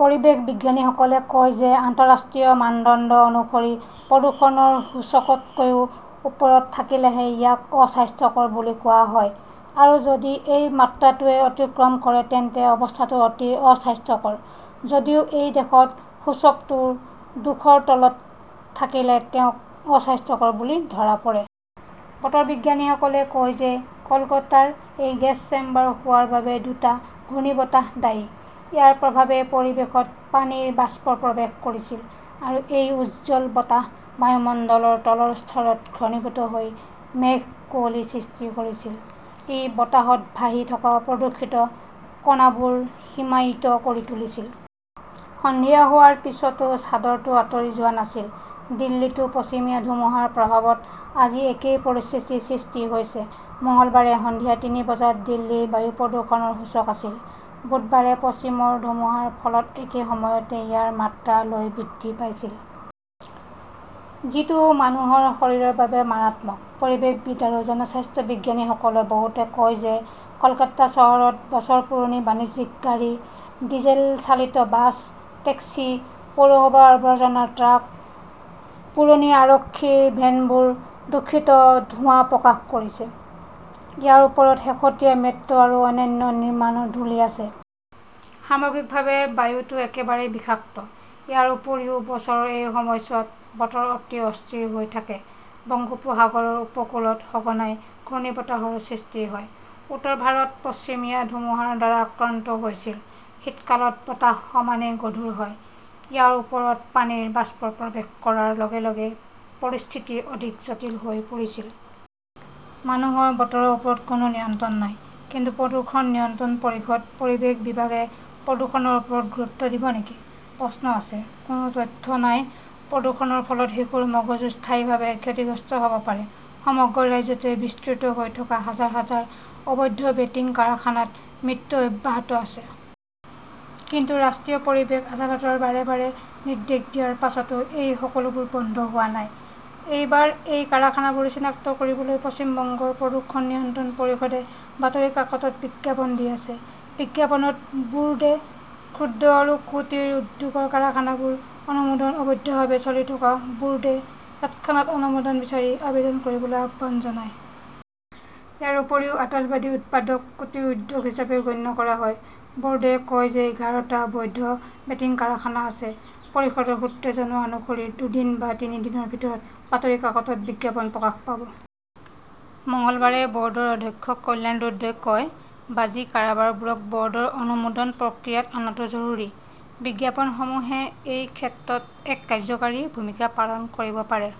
পৰিৱেশ বিজ্ঞানীসকলে কয় যে আন্তঃৰাষ্ট্ৰীয় মানদণ্ড অনুসৰি প্ৰদূষণৰ সূচক তকৈ ওপৰত থাকিলেহে ইয়াক 'অস্বাস্থ্যকৰ বুলি কোৱা হয়। আৰু যদি এই মাত্ৰাটোৱে অতিক্ৰম কৰে, তেন্তে অৱস্থাটো 'অতি অস্বাস্থ্যকৰ'। যদিও এই দেশত সূচকটো দুশৰ তলত থাকিলে তেওঁক 'অস্বাস্থ্যকৰ বুলি ধৰা পৰে। বতৰ বিজ্ঞানীসকলে কয় যে কলকাতাৰ এই 'গেছ চেম্বাৰ হোৱাৰ বাবে দুটা ঘূৰ্ণীবতাহ দায়ী। ইয়াৰ প্ৰভাৱে পৰিৱেশত পানীৰ বাষ্প প্ৰৱেশ কৰিছিল আৰু এই উজ্জ্বল বতাহ বায়ুমণ্ডলৰ তলৰ স্তৰত ঘনীভূত হৈ মেঘ-কুঁৱলী সৃষ্টি কৰিছিল। ই বতাহত ভাহি থকা প্ৰদূষিত কণাবোৰ হিমায়িত কৰি তুলিছিল। সন্ধিয়া হোৱাৰ পিছতো চাদৰটো আঁতৰি যোৱা নাছিল। দিল্লীতো পশ্চিমীয়া ধুমুহাৰ প্ৰভাৱত আজি একেই পৰিস্থিতিৰ সৃষ্টি হৈছে। মঙলবাৰে সন্ধিয়া তিনি বজাত দিল্লীৰ বায়ু প্ৰদূষণৰ সূচক আছিল। বুধবাৰে পশ্চিমৰ ধুমুহাৰ ফলত একে সময়তে ইয়াৰ মাত্ৰা লৈ বৃদ্ধি পাইছিল। যিটো মানুহৰ শৰীৰৰ বাবে মাৰাত্মক। পৰিৱেশবিদ আৰু জনস্বাস্থ্য বিজ্ঞানীসকলৰ বহুতে কয় যে কলকাতা চহৰত বছৰ পুৰণি বাণিজ্যিক গাড়ী, ডিজেল চালিত বাছ, টেক্সি, পৌৰসভাৰ আবৰ্জনা ট্ৰাক, পুৰণি আৰক্ষীৰ ভেনবোৰে দূষিত ধোঁৱা প্ৰকাশ কৰিছে। ইয়াৰ ওপৰত শেহতীয়া মেট্ৰ 'আৰু অন্যান্য নিৰ্মাণৰ ধূলি আছে। সামগ্ৰিকভাৱে, বায়ুটো একেবাৰে বিষাক্ত। ইয়াৰ উপৰিও বছৰৰ এই সময়ছোৱাত বতৰ অতি অস্থিৰ হৈ থাকে। বংগোপসাগৰৰ উপকূলত সঘনাই ঘূৰ্ণীবতাহৰ সৃষ্টি হয়। উত্তৰ ভাৰত পশ্চিমীয়া ধুমুহাৰ দ্বাৰা আক্ৰান্ত হৈছিল। শীতকালত বতাহ সমানেই গধুৰ হয়। ইয়াৰ ওপৰত পানীৰ বাষ্প প্ৰৱেশ কৰাৰ লগে লগে পৰিস্থিতি অধিক জটিল হৈ পৰিছিল। মানুহৰ বতৰৰ ওপৰত কোনো নিয়ন্ত্ৰণ নাই। কিন্তু প্ৰদূষণ নিয়ন্ত্ৰণ পৰিষদ, পৰিৱেশ বিভাগে প্ৰদূষণৰ ওপৰত গুৰুত্ব দিব নেকি? প্ৰশ্ন আছে। কোনো তথ্য নাই। প্ৰদূষণৰ ফলত শিশুৰ মগজু স্থায়ীভাৱে ক্ষতিগ্ৰস্ত হব পাৰে! সমগ্ৰ ৰাজ্যতে বিস্তৃত হৈ থকা হাজাৰ-হাজাৰ অবৈধ বেটিং কাৰখানাত মৃত্যু অব্যাহত আছে। কিন্তু ৰাষ্ট্ৰীয় পৰিৱেশ আদালতৰ বাৰে বাৰে নিৰ্দেশ দিয়াৰ পাছতো এই সকলোবোৰ বন্ধ হোৱা নাই। এইবাৰ এই কাৰখানাবোৰ চিনাক্ত কৰিবলৈ পশ্চিম বংগ প্ৰদূষণ নিয়ন্ত্ৰণ পৰিষদে বাতৰি কাকতত বিজ্ঞাপন দি আছে। বিজ্ঞাপনত বোৰ্ডে ক্ষুদ্ৰ আৰু কুটীৰ উদ্যোগৰ কাৰখানাবোৰৰ অনুমোদন অবৈধভাৱে চলি থকা বোৰ্ডে তৎক্ষণাত অনুমোদন বিচাৰি আবেদন কৰিবলৈ আহ্বান জনায়। ইয়াৰ উপৰিও, আতচবাজী উৎপাদনক কুটিৰ উদ্যোগ হিচাপে গণ্য কৰা হয়। বৰ্ডে কয় যে এঘাৰ টা বৈধ বেটিং কাৰখানা আছে। পৰিষদৰ সূত্ৰই জনোৱা অনুসৰি দুদিন বা তিনি দিনৰ ভিতৰত বাতৰি কাকতত বিজ্ঞাপন প্ৰকাশ পাব। মঙলবাৰে বৰ্ডৰ অধ্যক্ষ কল্যাণ ৰুদ্ৰই কয়, বাজি কাৰখানাবোৰক বৰ্ডৰ অনুমোদন প্ৰক্ৰিয়াত অনাটো জৰুৰী। বিজ্ঞাপনসমূহে এই ক্ষেত্ৰত এক কাৰ্যকৰী ভূমিকা পালন কৰিব পাৰে।